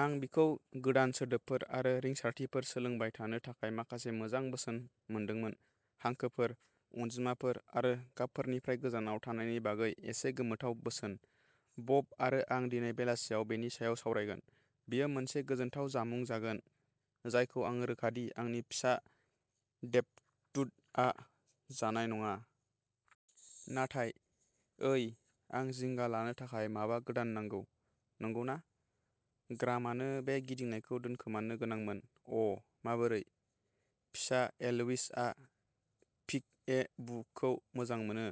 आं बिखौ गोदान सोदोबफोर आरो रिंसारथिफोर सोलोंबाय थानो थाखाय माखासे मोजां बोसोन मोनदोंमोन, हांखोफोर, अनजिमाफोर आरो गाबफोरनिफ्राय गोजानाव थानायनि बागै एसे गोमोथाव बोसोन। बब आरो आं दिनै बेलासियाव बेनि सायाव सावरायगोन। बेयो मोनसे गोजोनथाव जामुं जागोन, जायखौ आं रोखा दि आंनि फिसा देबदुतआ जानाय नङा। नाथाय, ओइ आं जिंगा लानो थाखाय माबा गोदान नांगौ, नंगौना? ग्रामानो बे गिदिंनायखौ दोनखोमानो गोनांमोन। अ, माबोरै फिसा एल्विसआ पिक-ए-बुखौ मोजां मोनो।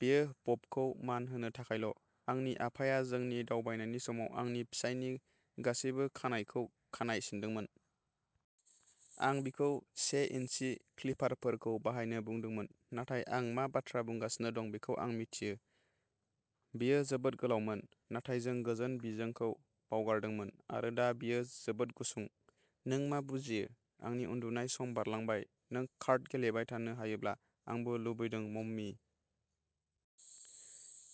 बेयो बबखौ मान होनो थाखायल'। आंनि आफाया जोंनि दावबायनायनि समाव आंनि फिसायनि गासैबो खानाइखौ खानाइ सिनदोंमोन। आं बिखौ से इन्चि क्लिपारफोरखौ बाहायनो बुंदोंमोन, नाथाय आं मा बाथ्रा बुंगासिनो दं बेखौ आं मिथियो। बेयो जोबोद गोलावमोन, नाथाय जों गोजोन बिजोंखौ बावगारदोंमोन आरो दा बेयो जोबोद गुसुं। नों मा बुजियो आंनि उन्दुनाय सम बारलांबाय नों कार्ड गेलेबाय थानो हायोब्ला, आंबो लुबैदों मम्मी।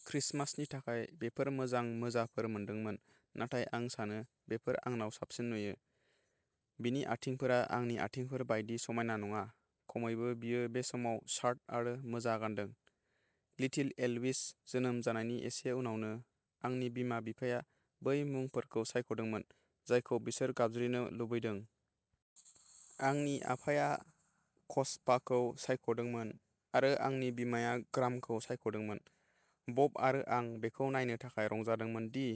क्रिसमासनि थाखाय बेफोर मोजां मोजाफोर मोनदोंमोन, नाथाय आं सानो बेफोर आंनाव साबसिन नुयो। बिनि आथिंफोरा आंनि आथिंफोर बायदि समायना नङा खमैबो बियो बे समाव शार्ट आरो मोजा गानदों। लिटिल एल्विस जोनोम जानायनि एसे उनावनो, आंनि बिमा-बिफाया बै मुंफोरखौ सायख'दोंमोन जायखौ बिसोर गाबज्रिनो लुबैदों। आंनि आफाया कचपाखौ सायख'दोंमोन आरो आंनि बिमाया ग्रामखौ सायख'दोंमोन। बब आरो आं बेखौ नायनो थाखाय रंजादोंमोन दि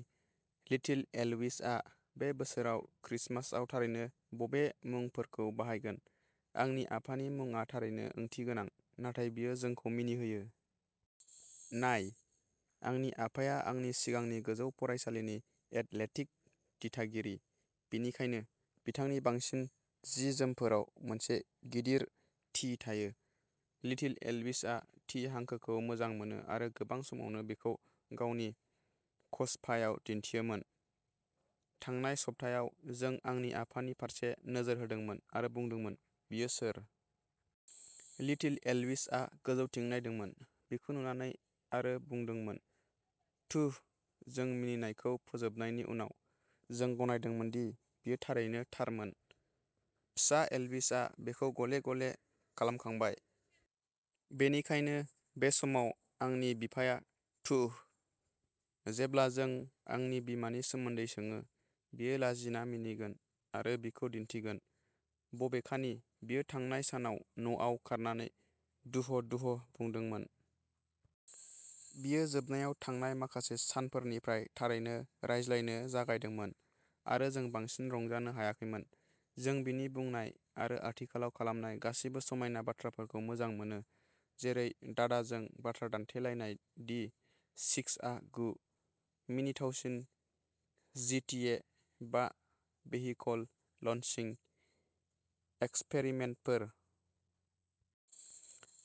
लिटिल एल्विसआ बे बोसोराव क्रिसमासआव थारैनो बबे मुंफोरखौ बाहायगोन। आंनि आफानि मुंआ थारैनो ओंथिगोनां, नाथाय बेयो जोंखौ मिनिहोयो। नाय, आंनि आफाया आंनि सिगांनि गोजौ फरायसालिनि एथलेटिक दिथागिरि। बेनिखायनो, बिथांनि बांसिन जि-जोमफोराव मोनसे गिदिर टि थायो। लिटिल एल्विसआ टि हांखोखौ मोजां मोनो आरो गोबां समावनो बेखौ गावनि कचपायाव दिन्थियोमोन। थांनाय सप्तायाव, जों आंनि आफानि फारसे नोजोर होदोंमोन आरो बुंदोंमोन, बियो सोर? लिटिल एल्विसआ गोजौथिं नायदोंमोन। बिखौ नुनानै आरो बुंदोंमोन, तुह जों मिनिनायखौ फोजोबनायनि उनाव, जों गनायदोंमोन दि बियो थारैनो थारमोन। फिसा एल्विसआ बेखौ गले-गले खालामखांबाय। बेनिखायनो बे समाव, आंनि बिफाया तुह। जेब्ला जों आंनि बिमानि सोमोन्दै सोङो, बियो लाजिना मिनिगोन आरो बिखौ दिन्थिगोन, बबेखानि बियो थांनाय सानाव न'आव खारनानै दुह-दुह बुंदोंमोन। बियो जोबनायाव थांनाय माखासे सानफोरनिफ्राय थारैनो रायज्लायनो जागायदोंमोन आरो जों बांसिन रंजानो हायाखैमोन। जों बिनि बुंनाय आरो आथिखालाव खालामनाय गासैबो समायना बाथ्राफोरखौ मोजां मोनो जेरै दादाजों बाथ्रा दान्थेलायनाय दि सिक्सआ गु। मिनिथावसिन जिटिए बा भेहिकल लन्चिं एक्सपेरिमेन्टफोर!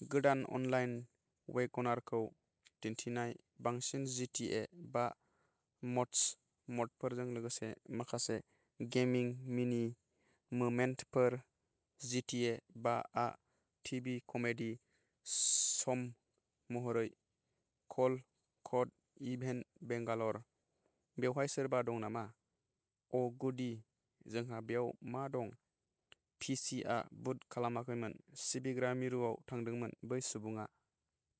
गोदान अनलाइन वेगनारखौ दिन्थिनाय बांसिन जिटिए बा मड्स मडफोरजों लोगोसे माखासे गेमिं मिनि मोमेन्टफोर जिटिए बा आ टिभि कमेडि श'महरै कल क'ड इभेन्ट, बेंगालर। बेवहाय सोरबा दं नामा? अ'गुडी जोंहा बेयाव मा दं? पिसिआ बुट खालामाखैमोन। सिबिग्रा मिरुआव थांदोंमोन बै सुबुङा।